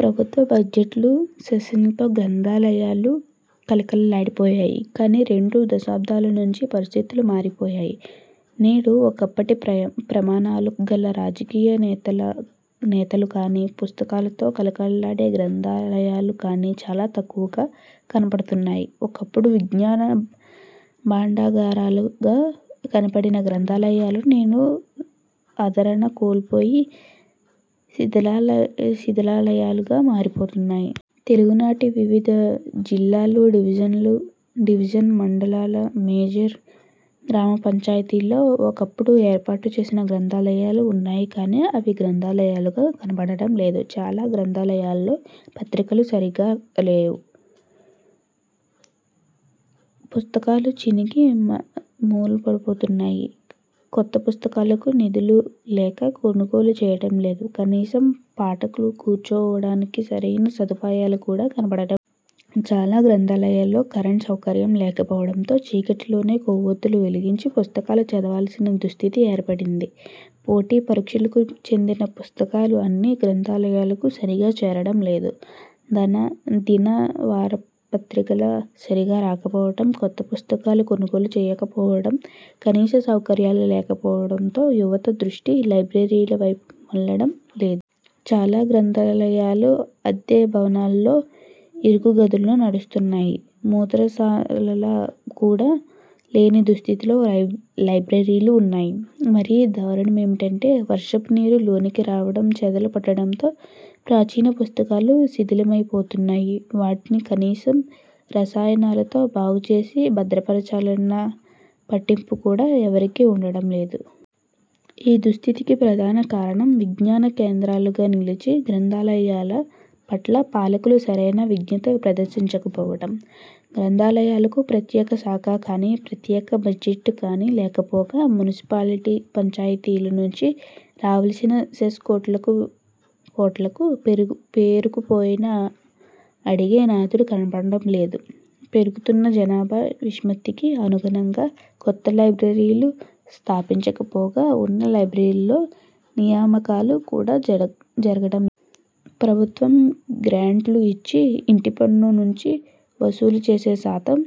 ప్రభుత్వ బడ్జెట్లు, సెస్లతో గ్రంథాలయాలు కళకళలాడిపోయాయి. కాని రెండు దశాబ్దాల నుంచి పరిస్థితులు మారిపోయాయి. నేడు ఒకప్పటి ప్రమాణాలు గల రాజకీయ నేతలు కానీ, పుస్తకాలతో కళకళలాడే గ్రంథాలయాలు కానీ చాలా తక్కువగా కనపడుతున్నాయి. ఒకప్పుడు విజ్ఞాన భాండాగారాలుగా కనపడిన గ్రంథాలయాలు నేడు ఆదరణ కోల్పోయి శిథిలాలయాలుగా మారిపోతున్నాయి. తెలుగునాట వివిధ జిల్లాలు, డివిజన్, మండల, మేజర్ గ్రామపంచాయతీల్లో ఒకప్పుడు ఏర్పాటు చేసిన గ్రంథాలయాలు ఉన్నాయి కాని అవి గ్రంథాలయాలుగా కనపడడం లేదు. చాలా గ్రంథాలయాల్లో పత్రికలు సరిగా రావు. పుస్తకాలు చినిగి మూలపడుతున్నాయి. కొత్త పుస్తకాలకు నిధులు లేక కొనుగోలు చేయడం లేదు. కనీసం పాఠకులు కూర్చోవడానికి సరైన సదుపాయాలు కూడా కనపడడం లేదు. చాలా గ్రంథాలయాల్లో కరెంట్ సౌకర్యం లేకపోవడంతో చీకటిలోనే కొవ్వొత్తులు వెలిగించి పుస్తకాలు చదవాల్సిన దుస్థితి ఏర్పడింది. పోటీ పరీక్షలకు చెందిన పుస్తకాలు అన్ని గ్రంథాలయాలకూ సరిగా చేరడం లేదు. దిన, వారపత్రికలు సరిగా రాకపోవడం, కొత్త పుస్తకాలు కొనుగోలు చేయకపోవడం, కనీస సౌకర్యాలు లేకపోవడంతో యువత దృష్టి లైబ్రరీల వైపు మళ్లడం లేదు. చాలా గ్రంథాలయాలు అద్దె భవనాల్లో, ఇరుకు గదుల్లో నడుస్తున్నాయి. మూత్రశాలలు కూడా లేని దుస్థితిలో లైబ్రరీలు ఉన్నాయి. మరీ దారుణమేమంటే వర్షపు నీరు లోనికి రావడం, చెదలు పట్టడంతో ప్రాచీన పుస్తకాలు శిథిలమయి పోతున్నాయి. వాటిని కనీసం రసాయనాలతో బాగు చేసి భద్రపరచాలన్న పట్టింపు కూడా ఎవరికీ ఉండడం లేదు. ఈ దుస్థితికి ప్రధాన కారణం విజ్ఞాన కేంద్రాలుగా నిలిచే గ్రంథాలయాల పట్ల పాలకులు సరైన విజ్ఞత ప్రదర్శించకపోవడం. గ్రంథాలయాలకు ప్రత్యేక శాఖ కానీ, ప్రత్యేక బడ్జెట్ కానీ లేకపోగా, మునిసిపాలిటీలు, పంచాయతీల నుంచి రావల్సిన సెస్ కోట్లకు పేరుకుపోయినా అడిగే నాథుడు కనపడడం లేదు. పెరుగుతున్న జనాభా నిష్పత్తికి అనుగుణంగా కొత్త లైబ్రరీలు స్థాపించకపోగా ఉన్న లైబ్రరీల్లో నియామకాలుకూడా జరగడం ప్రభుత్వం గ్రాంట్లు ఇచ్చి, ఇంటిపన్ను నుంచి వసూలు చేసే శాతం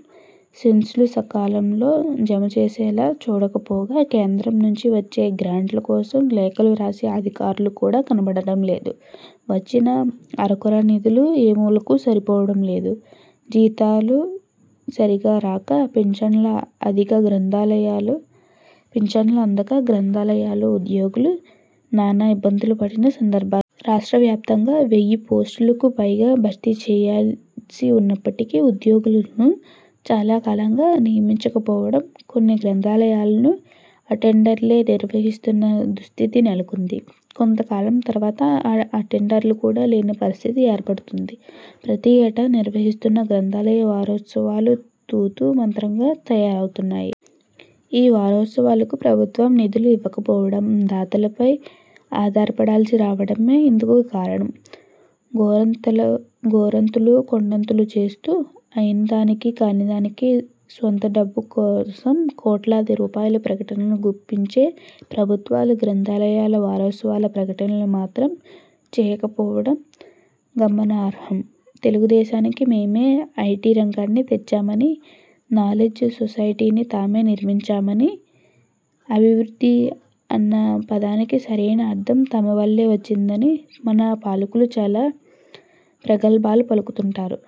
సెస్లు సకాలంలో జమచేసేలా చూడకపోగా, కేంద్రం నుంచి వచ్చే గ్రాంట్ల కోసం లేఖలు రాసే అధికారులు కూడా కనపడడం లేదు. వచ్చిన అరకొర నిధులు ఏమూలకూ సరిపోవడం లేదు. జీతాలు సరిగా రాక, పింఛన్లు అందక గ్రంథాలయాల ఉద్యోగులు నానా ఇబ్బందులు పడిన సందర్భాలు రాష్ట్ర వ్యాప్తంగా వేయి పోస్టులకు పైగా భర్తీ చేయాల్సి ఉన్నప్పటికీ ఉద్యోగులను చాలా కాలంగా నియమించకపోవడం కొన్ని గ్రంథాలయాలను అటెండర్లే నిర్వహిస్తున్న దుస్థితి నెలకొంది. కొంతకాలం తర్వాత ఆ అటెండర్లు కూడా లేని పరిస్థితి ఏర్పడుతుంది. ప్రతి ఏటా నిర్వహిస్తున్న గ్రంథాలయ వారోత్సవాలు తూతూ మంత్రంగా తయారయ్యాయి. ఈ వారోత్సవాలకు ప్రభుత్వం నిధులు ఇవ్వకపోవడం, దాతలపై ఆధారపడాల్సి రావడమే ఇందుకు కారణం. గోరంతలు కొండంతలు చేస్తూ అయిన దానికీ కాని దానికీ స్వంత డబ్బా కోసం కోట్లాది రూపాయలు ప్రకటనలు గుప్పించే ప్రభుత్వాలు గ్రంథాలయ వారోత్సవాల ప్రకటనలు మాత్రం చేయకపోవడం గమనార్హం. తెలుగుదేశానికి మేమే ఐటీ రంగాన్ని తెచ్చామని, నాలెడ్జి సొసైటీని తామే నిర్మించామని, అభివృద్ధి అన్న పదానికి సరైన అర్థం తమ వల్లే వచ్చిందని మన పాలకులు చాలా ప్రగల్భాలు పలుకుతుంటారు.